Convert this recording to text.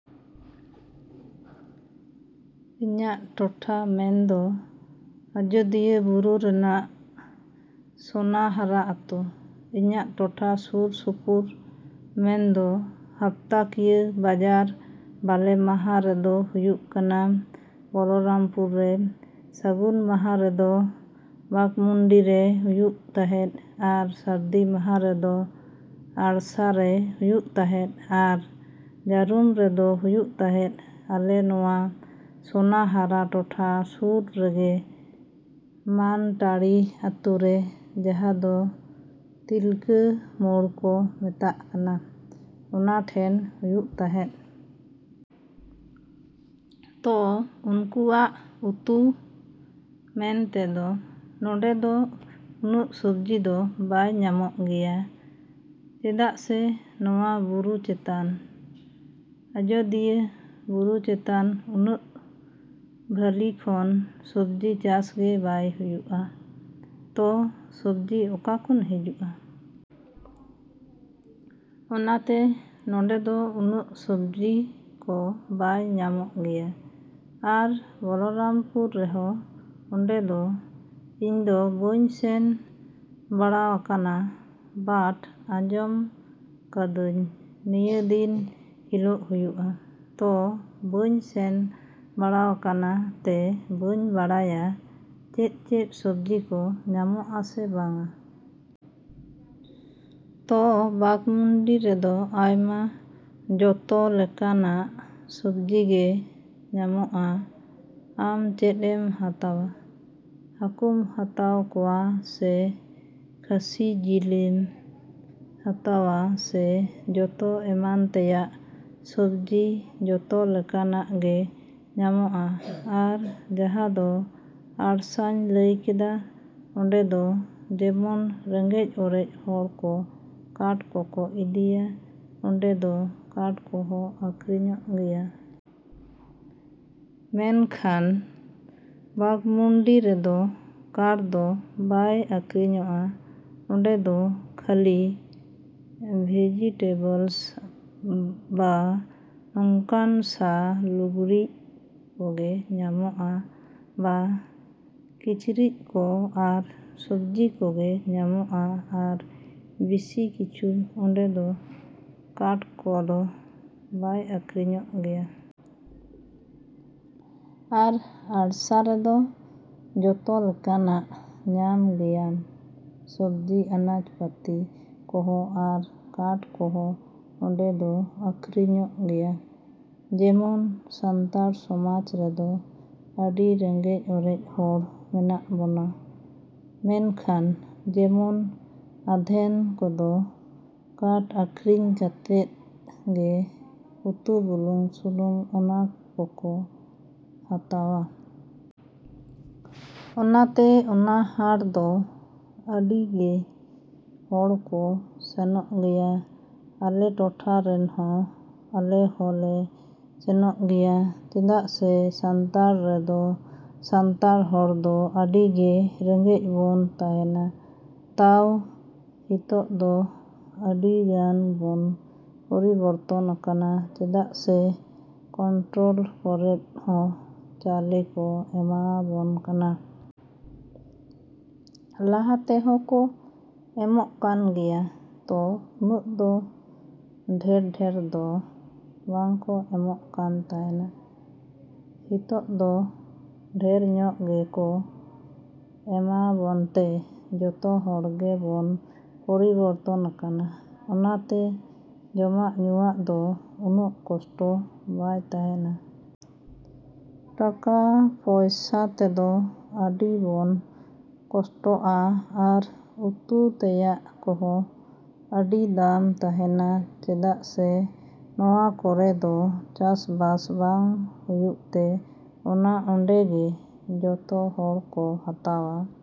ᱤᱧᱟᱹᱜ ᱴᱚᱴᱷᱟ ᱢᱮᱱᱫᱚ ᱟᱡᱚᱫᱤᱭᱟᱹ ᱵᱩᱨᱩ ᱨᱮᱱᱟᱜ ᱥᱚᱱᱟᱦᱟᱨᱟ ᱟᱹᱛᱩ᱾ ᱤᱧᱟᱹᱜ ᱴᱚᱴᱷᱟ ᱥᱩᱨ ᱥᱩᱯᱩᱨ ᱢᱮᱱᱫᱚ ᱦᱟᱯᱛᱟᱠᱤᱭᱟᱹ ᱵᱟᱡᱟᱨ ᱵᱟᱞᱮ ᱢᱟᱦᱟ ᱨᱮᱫᱚ ᱦᱩᱭᱩᱜ ᱠᱟᱱᱟ ᱵᱚᱞᱚᱨᱟᱢᱯᱩᱨ ᱨᱮ, ᱥᱟᱜᱩᱱ ᱢᱟᱦᱟ ᱨᱮᱫᱚ ᱵᱟᱠᱢᱩᱱᱰᱤ ᱨᱮ ᱦᱩᱭᱩᱜ ᱛᱟᱦᱮᱸᱫ ᱟᱨ ᱥᱟᱨᱫᱤ ᱢᱟᱦᱟ ᱨᱮᱫᱚ ᱟᱲᱥᱟ ᱨᱮ ᱦᱩᱭᱩᱜ ᱛᱟᱦᱮᱸᱫ ᱟᱨ ᱡᱟᱨᱩᱢ ᱨᱮᱫᱚ ᱦᱩᱭᱩᱜ ᱛᱟᱦᱮᱸᱫ ᱟᱞᱮ ᱱᱚᱣᱟ ᱥᱚᱱᱟᱦᱟᱨᱟ ᱴᱚᱴᱷᱟ ᱥᱩᱨ ᱨᱮᱜᱮ ᱢᱟᱱᱴᱟᱬᱤ ᱟᱹᱛᱩ ᱨᱮ ᱡᱟᱦᱟᱸ ᱫᱚ ᱛᱤᱞᱠᱟᱹ ᱢᱳᱲ ᱠᱚ ᱢᱮᱛᱟᱜ ᱠᱟᱱᱟ, ᱚᱱᱟ ᱴᱷᱮᱱ ᱦᱩᱭᱩᱜ ᱛᱟᱦᱮᱸᱫ᱾ ᱛᱚ ᱩᱱᱠᱩᱣᱟᱜ ᱩᱛᱩ ᱢᱮᱱᱛᱮᱫᱚ ᱱᱚᱰᱮ ᱫᱚ ᱩᱱᱟᱹᱜ ᱥᱚᱵᱡᱤ ᱫᱚ ᱵᱟᱭ ᱧᱟᱢᱚᱜ ᱜᱮᱭᱟ ᱪᱮᱫᱟᱜ ᱥᱮ ᱱᱚᱣᱟ ᱵᱩᱨᱩ ᱪᱮᱛᱟᱱ, ᱟᱡᱚᱫᱤᱭᱟᱹ ᱵᱩᱨᱩ ᱪᱮᱛᱟᱱ ᱩᱱᱟᱹᱜ ᱵᱷᱟᱹᱞᱤ ᱠᱷᱚᱱ ᱥᱚᱵᱡᱤ ᱪᱟᱥ ᱜᱮ ᱵᱟᱭ ᱦᱩᱭᱩᱜᱼᱟ᱾ ᱛᱚ ᱥᱚᱵᱡᱤ ᱚᱠᱟ ᱠᱷᱚᱱ ᱦᱤᱡᱩᱜᱼᱟ? ᱚᱱᱟᱛᱮ ᱱᱚᱰᱮ ᱫᱚ ᱩᱱᱟᱹᱜ ᱥᱚᱵᱡᱤ ᱠᱚ ᱵᱟᱭ ᱧᱟᱢᱚᱜ ᱜᱮᱭᱟ᱾ ᱟᱨ ᱵᱚᱞᱚᱨᱟᱢᱯᱩᱨ ᱨᱮᱦᱚᱸ ᱚᱸᱰᱮ ᱫᱚ ᱤᱧ ᱫᱚ ᱵᱟᱹᱧ ᱥᱮᱱ ᱵᱟᱲᱟᱣ ᱟᱠᱟᱱᱟ ᱵᱟᱴ ᱟᱸᱡᱚᱢ ᱠᱟᱹᱫᱟᱹᱧ ᱱᱤᱭᱟᱹ ᱫᱤᱱ ᱦᱤᱞᱚᱜ ᱦᱩᱭᱩᱜᱼᱟ᱾ ᱛᱚ ᱵᱟᱹᱧ ᱥᱮᱱ ᱵᱟᱲᱟᱣ ᱟᱠᱟᱱᱟ ᱛᱮ ᱵᱟᱹᱧ ᱵᱟᱲᱟᱭᱟ ᱪᱮᱫ ᱪᱮᱫ ᱥᱚᱵᱡᱤ ᱠᱚ ᱧᱟᱢᱚᱜᱼᱟ ᱥᱮ ᱵᱟᱝᱼᱟ᱾ ᱛᱚ ᱵᱟᱠᱢᱩᱱᱰᱤ ᱨᱮᱫᱚ ᱟᱭᱢᱟ ᱡᱚᱛᱚ ᱞᱮᱠᱟᱱᱟᱜ ᱥᱚᱵᱡᱤ ᱜᱮ ᱧᱟᱢᱚᱜᱼᱟ᱾ ᱟᱢ ᱪᱮᱫ ᱮᱢ ᱦᱟᱛᱟᱣᱟ? ᱦᱟᱠᱩᱢ ᱦᱟᱛᱟᱣ ᱠᱚᱣᱟ ᱥᱮ ᱠᱷᱟᱹᱥᱤ ᱡᱤᱞᱮᱢ ᱦᱟᱛᱟᱣᱟ ᱥᱮ ᱡᱚᱛᱚ ᱮᱢᱟᱱ ᱛᱮᱭᱟᱜ ᱥᱚᱵᱡᱤ ᱡᱚᱛᱚ ᱞᱮᱠᱟᱱᱟᱜ ᱜᱮ ᱧᱟᱢᱚᱜᱼᱟ᱾ ᱟᱨ ᱡᱟᱦᱟᱸ ᱫᱚ ᱟᱲᱥᱟᱧ ᱞᱟᱹᱭ ᱠᱮᱫᱟ ᱚᱸᱰᱮ ᱫᱚ ᱡᱮᱢᱚᱱ ᱨᱮᱸᱜᱮᱡᱽ ᱚᱨᱮᱡ ᱦᱚᱲ ᱠᱚ ᱠᱟᱴ ᱠᱚᱠᱚ ᱤᱫᱤᱭᱟ, ᱚᱸᱰᱮ ᱫᱚ ᱠᱟᱴ ᱦᱚᱸ ᱟᱠᱷᱨᱤᱧᱚᱜ ᱜᱮᱭᱟ᱾ ᱢᱮᱱᱠᱷᱟᱱ ᱵᱟᱠᱢᱩᱱᱰᱤ ᱨᱮᱫᱚ ᱠᱟᱴ ᱫᱚ ᱵᱟᱭ ᱟᱠᱷᱨᱤᱧᱚᱜᱼᱟ᱾ ᱚᱸᱰᱮ ᱫᱚ ᱠᱷᱟᱹᱞᱤ ᱵᱷᱮᱡᱤᱴᱮᱵᱚᱞᱥ ᱵᱟ ᱱᱚᱝᱠᱟᱱ ᱥᱟ ᱞᱩᱜᱽᱲᱤᱡ ᱠᱚᱜᱮ ᱧᱟᱢᱚᱜᱼᱟ ᱵᱟ ᱠᱤᱪᱨᱤᱡ ᱠᱚ ᱟᱨ ᱥᱚᱵᱡᱤ ᱠᱚᱜᱮ ᱧᱟᱢᱚᱜᱼᱟ ᱟᱨ ᱵᱤᱥᱤ ᱠᱤᱪᱷᱩ ᱚᱸᱰᱮ ᱫᱚ ᱠᱟᱴ ᱠᱚᱫᱚ ᱵᱟᱭ ᱟᱠᱷᱨᱤᱧᱚᱜ ᱜᱮᱭᱟ᱾ ᱟᱨ ᱟᱲᱥᱟ ᱨᱮᱫᱚ ᱡᱚᱛᱚ ᱞᱮᱠᱟᱱᱟᱜ ᱧᱟᱢ ᱜᱮᱭᱟᱢ ᱥᱚᱵᱡᱤ ᱟᱱᱟᱡ ᱯᱟᱛᱤ ᱠᱚᱦᱚᱸ ᱟᱨ ᱠᱟᱴ ᱠᱚᱦᱚᱸ ᱚᱸᱰᱮ ᱫᱚ ᱟᱠᱷᱨᱤᱧᱚᱜ ᱜᱮᱭᱟ᱾ ᱡᱮᱢᱚᱱ ᱥᱟᱱᱛᱟᱲ ᱥᱚᱢᱟᱡᱽ ᱨᱮᱫᱚ ᱟᱹᱰᱤ ᱨᱮᱸᱜᱮᱡᱽ ᱚᱨᱮᱡ ᱦᱚᱲ ᱢᱮᱱᱟᱜ ᱵᱚᱱᱟ᱾ ᱢᱮᱱᱠᱷᱟᱱ ᱡᱮᱢᱚᱱ ᱟᱫᱷᱮᱱ ᱠᱚᱫᱚ ᱠᱟᱴ ᱟᱠᱷᱨᱤᱧ ᱠᱟᱛᱮᱫ ᱜᱮ ᱩᱛᱩ ᱵᱩᱞᱩᱝ ᱥᱩᱱᱩᱢ ᱚᱱᱟ ᱠᱚᱠᱚ ᱦᱟᱛᱟᱣᱟ᱾ ᱚᱱᱟᱛᱮ ᱚᱱᱟ ᱦᱟᱴ ᱫᱚ ᱟᱹᱰᱤ ᱜᱮ ᱦᱚᱲ ᱠᱚ ᱥᱮᱱᱚᱜ ᱜᱮᱭᱟ ᱟᱞᱮ ᱴᱚᱴᱷᱟ ᱨᱮᱱ ᱦᱚᱸ, ᱟᱞᱮ ᱦᱚᱸ ᱞᱮ ᱥᱮᱱᱚᱜ ᱜᱮᱭᱟ ᱪᱮᱫᱟᱜ ᱥᱮ ᱥᱟᱱᱛᱟᱲ ᱨᱮᱫᱚ ᱥᱟᱱᱛᱟᱲ ᱦᱚᱲ ᱫᱚ ᱟᱹᱰᱤ ᱜᱮ ᱨᱮᱸᱜᱮᱡᱽ ᱵᱚᱱ ᱛᱟᱦᱮᱱᱟ᱾ ᱛᱟᱣ ᱦᱤᱛᱚᱜ ᱫᱚ ᱟᱹᱰᱤ ᱜᱟᱱ ᱵᱚᱱ ᱯᱚᱨᱤᱵᱚᱨᱛᱚᱱ ᱟᱠᱟᱱᱟ ᱪᱮᱫᱟᱜ ᱥᱮ ᱠᱚᱱᱴᱨᱚᱞ ᱠᱚᱨᱮᱫ ᱦᱚᱸ ᱪᱟᱣᱞᱮ ᱠᱚ ᱮᱢᱟᱣ ᱵᱚᱱ ᱠᱟᱱᱟ᱾ ᱞᱟᱦᱟᱛᱮ ᱦᱚᱸ ᱠᱚ ᱮᱢᱚᱜ ᱠᱟᱱ ᱜᱮᱭᱟ ᱛᱚ ᱩᱱᱟᱹᱜ ᱫᱚ ᱰᱷᱮᱨ ᱰᱷᱮᱨ ᱫᱚ ᱵᱟᱝ ᱠᱚ ᱮᱢᱚᱜ ᱠᱟᱱ ᱛᱟᱦᱮᱱᱟ᱾ ᱦᱤᱛᱚᱜ ᱫᱚ ᱰᱷᱮᱨ ᱧᱚᱜ ᱜᱮ ᱠᱚ ᱮᱢᱟ ᱵᱚᱱ ᱛᱮ ᱡᱚᱛᱚ ᱦᱚᱲ ᱜᱮ ᱵᱚᱱ ᱯᱚᱨᱤᱵᱚᱨᱛᱚᱱ ᱟᱠᱟᱱᱟ᱾ ᱚᱱᱟᱛᱮ ᱡᱚᱢᱟᱜ ᱧᱩᱣᱟᱜ ᱫᱚ ᱩᱱᱟᱹᱜ ᱠᱚᱥᱴᱚ ᱵᱟᱭ ᱛᱟᱦᱮᱱᱟ᱾ ᱴᱟᱠᱟ ᱯᱚᱭᱥᱟ ᱛᱮᱫᱚ ᱟᱹᱰᱤ ᱵᱚᱱ ᱠᱚᱥᱴᱚᱜᱼᱟ ᱟᱨ ᱩᱛᱩ ᱛᱮᱭᱟᱜ ᱠᱚᱦᱚᱸ ᱟᱹᱰᱤ ᱫᱟᱢ ᱛᱟᱦᱮᱱᱟ ᱪᱮᱫᱟᱜ ᱥᱮ ᱱᱚᱣᱟ ᱠᱚᱨᱮ ᱫᱚ ᱪᱟᱥᱵᱟᱥ ᱵᱟᱝ ᱦᱩᱭᱩᱜ ᱛᱮ ᱚᱱᱟ ᱚᱸᱰᱮ ᱜᱮ ᱡᱚᱛᱚ ᱦᱚᱲ ᱠᱚ ᱦᱟᱛᱟᱣᱟ᱾